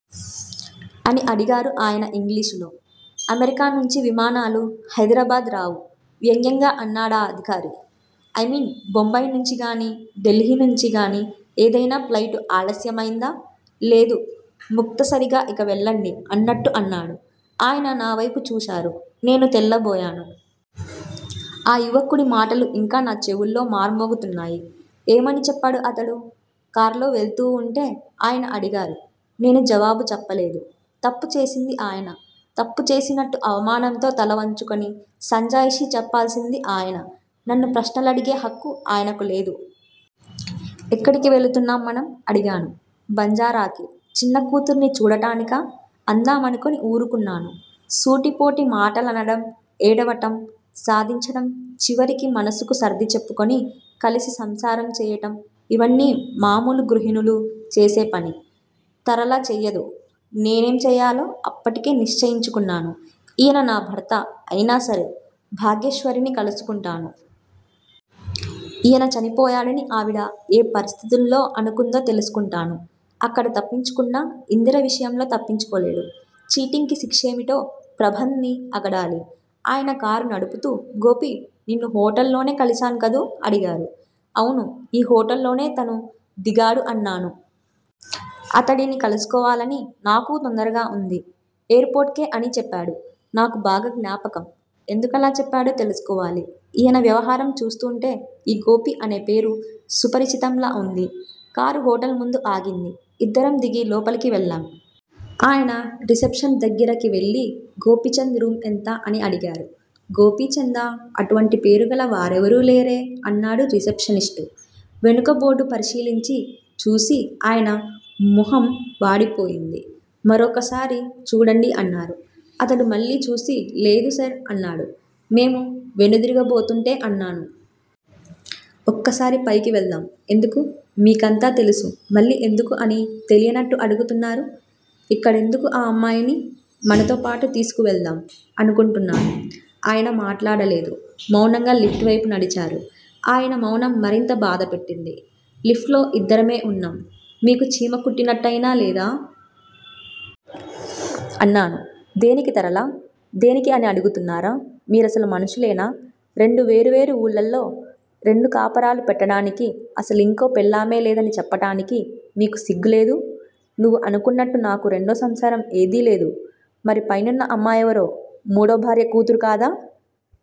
అని అడిగారు ఆయన ఇంగ్లీషులో. అమెరికా నుంచి విమానాలు హైద్రాబాద్ రావు వ్యంగ్యంగా అన్నాడా అధికారి. ఐ మీన్- బొంబాయి నుంచిగానీ, ఢిల్లీ నుంచి గానీ ఏదైనా ఫ్లయిటు ఆలస్యమయిందా? లేదు. ముక్తసరిగా, ఇక వెళ్ళండి- అన్నట్టు అన్నాడు. ఆయన నావైపు చూశారు. నేను తెల్లబోయాను. ఆ యువకుడి మాటలు ఇంకా నా చెవుల్లో మార్మోగుతున్నాయి. ఏమని చెప్పాడు అతడు? కార్లో వెళ్తూవుంటే ఆయన అడిగారు. నేను జవాబు చెప్పలేదు- తప్పు చేసింది ఆయన. తప్పు చేసినట్టు అవమానంతో తల వంచుకొని సంజాయిషీ చెప్పాల్సింది ఆయన! నన్ను ప్రశ్నలడిగే హక్కు ఆయనకు లేదు. ఎక్కడికి వెళుతున్నాం మనం? అడిగాను. బంజారాకి- చిన్నకూతుర్ని చూడటానికా అందామనుకుని వూరుకున్నాను. సూటిపోటి మాటలనడం, ఏడవటం, సాధించటం చివరికి మనసుకు సర్దిచెప్పుకుని కలసి సంసారం చేయటం, ఇవన్నీ మామూలు గృహిణులు చేసేపని. తరళ చేయదు. నేనేం చెయ్యాలో అప్పటికే నిశ్చయించుకున్నాను. ఈయన నా భర్త అయినాసరే, భాగ్యేశ్వరిని కలుసుకుంటాను. ఈయన చనిపోయాడని ఆవిడ ఏ పరిస్థితుల్లో అనుకుందో తెలుసుకుంటాను. అక్కడ తప్పించుకున్నా- ఇందిర విషయంలో తప్పించుకోలేడు. చీటింగ్ కి శిక్షేమిటో ప్రబంధ్ ని అగడాలి. ఆయన కారు నడుపుతూ- గోపీ నిన్ను హోటల్ లోనే కలిశాడు కదూ- అడిగారు. అవును ఈ హోటల్ లోనే తనూ దిగాడు అన్నాను. అతడిని కలుసుకోవాలని నాకూ తొందరగా వుంది. ఎయిర్ పోర్ట్ కే అని చెప్పాడు. నాకు బాగా జ్ఞాపకం. ఎందుకలా చెప్పాడో తెలుసుకోవాలి. ఈయన వ్యవహారం చూస్తూంటే ఈ గోపి అనే పేరు సుపరిచితంలా వుంది. కారు హోటల్ ముందు ఆగింది. ఇద్దరం దిగి లోపలికి వెళ్ళాం. ఆయన రిసెప్షన్ దగ్గిరకి వెళ్ళి గోపిచంద్ రూమ్ ఎంత? అని అడిగారు. గోపీచందా? అటువంటి పేరుగల వారెవరూ లేరే అన్నాడు రిసెప్షనిస్టు, వెనుక బోర్డు పరిశీలించి చూసి ఆయన మొహం వాడిపోయింది. మరొకసారి చూడండి అన్నారు. అతడు మళ్ళీ చూసి, లేదు సర్ అన్నాడు. మేము వెనుదిరగబోతుంటే అన్నాను. ఒక్కసారి పైకి వెళ్దాం ఎందుకు? మీకంతా తెలుసు మళ్ళీ 'ఎందుకు' అని తెలియనట్టు అడుగుతున్నారు! ఇక్కడెందుకు ఆ అమ్మాయిని? మనతోపాటు తీసుకువెళ్దాం అనుకుంటున్నాను. ఆయన మాట్లాడలేదు. మౌనంగా లిఫ్ట్ వైపు నడిచారు. ఆయన మౌనం మరింత బాధపెట్టింది. లిఫ్ట్ లో ఇద్దరమే వున్నాం. మీకు చీమకుట్టినట్టయినా లేదా? అన్నాను. దేనికి తరళా? దేనికి అని అడుగుతున్నారా? మీరసలు మనుషులేనా? రెండు వేరు వేరు వూళ్ళలో రెండు కాపరాలు పెట్టటానికి, అసలింకో పెళ్ళామే లేదని చెప్పటానికి మీకు సిగ్గులేదూ- నువ్వు అనుకున్నట్టు నాకు రెండో సంసారం ఏదీ లేదు. మరి పైనున్న అమ్మాయెవరో? మూడో భార్య కూతురుకాదా?